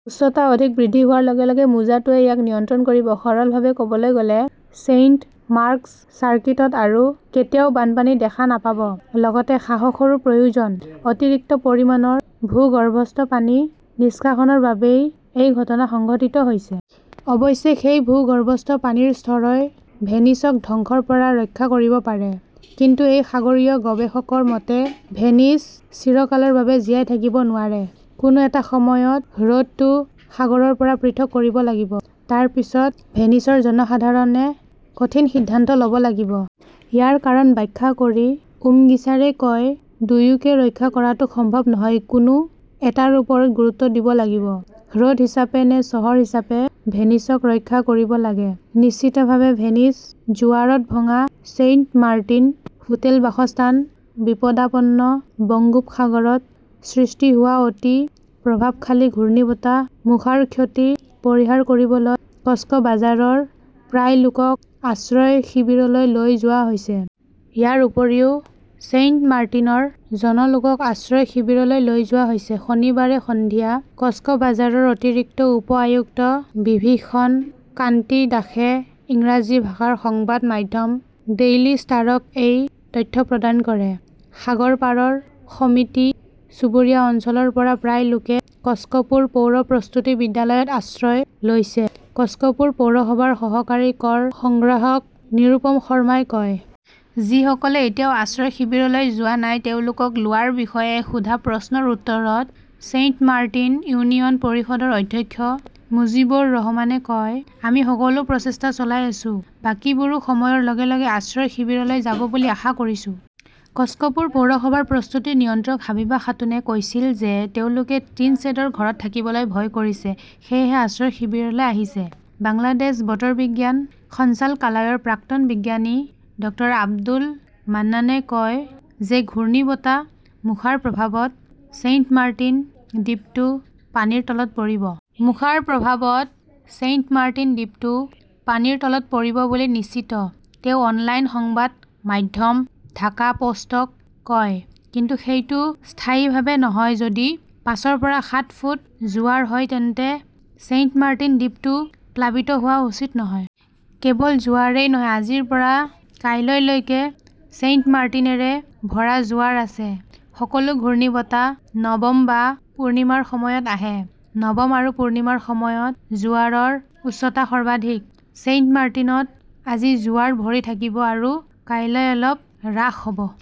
উচ্চতা অধিক বৃদ্ধি হোৱাৰ লগে লগে মোজাটোৱে ইয়াক নিয়ন্ত্ৰণ কৰিব। সৰলভাৱে ক'বলৈ গ'লে ছেইণ্ট মাৰ্কছ চাৰ্কিটত আৰু কেতিয়াও বানপানী দেখা নাপাব, লগতে সাহসৰো প্ৰয়োজন। অতিৰিক্ত পৰিমাণৰ ভূগৰ্ভস্থ পানী নিষ্কাশনৰ বাবেই এই ঘটনা সংঘটিত হৈছে। অৱশ্যে সেই ভূগৰ্ভস্থ পানীৰ স্তৰই ভেনিছক ধ্বংসৰ পৰা ৰক্ষা কৰিব পাৰে। কিন্তু এই সাগৰীয় গৱেষকৰ মতে, ভেনিচ চিৰকালৰ বাবে জীয়াই থাকিব নোৱাৰে। কোনো এটা সময়ত হ্ৰদটো সাগৰৰ পৰা পৃথক কৰিব লাগিব। তাৰ পিছত ভেনিছৰ জনসাধাৰণে কঠিন সিদ্ধান্ত ল'ব লাগিব। ইয়াৰ কাৰণ ব্যাখ্যা কৰি উমগিছাৰে কয়, দুয়োকে ৰক্ষা কৰাটো সম্ভৱ নহয়। কোনো এটাৰ ওপৰত গুৰুত্ব দিব লাগিব। হ্ৰদ হিচাপে নে চহৰ হিচাপে ভেনিছক ৰক্ষা কৰিব লাগে? নিশ্চিতভাৱে ভেনিচ। জোৱাৰত ভঙা ছেইণ্টমাৰ্টিন, হোটেল-বাসস্থান বিপদাপন্ন বংগোপসাগৰত সৃষ্টি হোৱা অতি প্ৰভাৱশালী ঘূৰ্ণীবতাহ মোখাৰ ক্ষতি পৰিহাৰ কৰিবলৈ কষ্টবাজাৰৰ প্ৰায় লোকক আশ্ৰয় শিবিৰলৈ লৈ যোৱা হৈছে। ইয়াৰ উপৰিও ছেইণ্টমাৰ্টিনৰ জন লোকক আশ্ৰয় শিবিৰলৈ লৈ যোৱা হৈছে। শনিবাৰে সন্ধিয়া কক্সবাজাৰৰ অতিৰিক্ত উপ-আয়ুক্ত বিভীষণ কান্তি দাসে ইংৰাজী ভাষাৰ সংবাদ মাধ্যম ডেইলী ষ্টাৰক এই তথ্য প্ৰদান কৰে। "সাগৰপাৰৰ সমিতি চুবুৰীয়া অঞ্চলৰ পৰা প্ৰায় লোকে কক্সপুৰ পৌৰ প্ৰস্তুতি বিদ্যালয়ত আশ্ৰয় লৈছে", কক্সপুৰ পৌৰসভাৰ সহকাৰী কৰ সংগ্ৰাহক নিৰূপম শৰ্মাই কয়। যিসকলে এতিয়াও আশ্ৰয় শিবিৰলৈ যোৱা নাই তেওঁলোকক লোৱাৰ বিষয়ে সোধা প্ৰশ্নৰ উত্তৰত ছেইণ্টমাৰ্টিন ইউনিয়ন পৰিষদৰ অধ্যক্ষ মুজীবৰ ৰহমানে কয়, আমি সকলো প্ৰচেষ্টা চলাই আছো। বাকীবোৰো সময়ৰ লগে লগে আশ্ৰয় শিবিৰলৈ যাব বুলি আশা কৰিছো। কক্সপুৰ পৌৰসভাৰ প্ৰস্তুতি নিয়ন্ত্ৰক হাবিবা খাতুনে কৈছিল যে তেওঁলোকে টিনশ্বেডৰ ঘৰত থাকিবলৈ ভয় কৰিছে, সেয়েহে আশ্ৰয় শিবিৰলৈ আহিছে। বাংলাদেশ বতৰ বিজ্ঞান সঞ্চালকালয়ৰ প্ৰাক্তন বিজ্ঞানী ডাঃ আব্দুল মান্নানে কয় যে ঘূৰ্ণীবতাহ মোখাৰ প্ৰভাৱত ছেইণ্টমাৰ্টিন দ্বীপটো পানীৰ তলত পৰিব। "মোখাৰ প্ৰভাৱত ছেইণ্টমাৰ্টিন দ্বীপটো পানীৰ তলত পৰিব বুলি নিশ্চিত", তেওঁ অনলাইন সংবাদ মাধ্যম ঢাকা পোষ্টক কয়। কিন্তু সেইটো স্থায়ীভাৱে নহয়। যদি পাঁচৰ পৰা সাত ফুট জোৱাৰ হয় তেন্তে ছেইণ্টমাৰ্টিন দ্বীপটো প্লাবিত হোৱা উচিত নহয়। কেৱল জোৱাৰেই নহয়, আজিৰ পৰা কাইলৈলৈকে ছেইণ্টমাৰ্টিনেৰে ভৰা জোৱাৰ আছে। সকলো ঘূৰ্ণীবতাহ নৱম বা পূৰ্ণিমাৰ সময়ত আহে। নৱম আৰু পূৰ্ণিমাৰ সময়ত জোৱাৰৰ উচ্চতা সৰ্বাধিক। ছেইণ্টমাৰ্টিনত আজি জোৱাৰ ভৰি থাকিব আৰু কাইলৈ অলপ হ্ৰাস হ 'ব।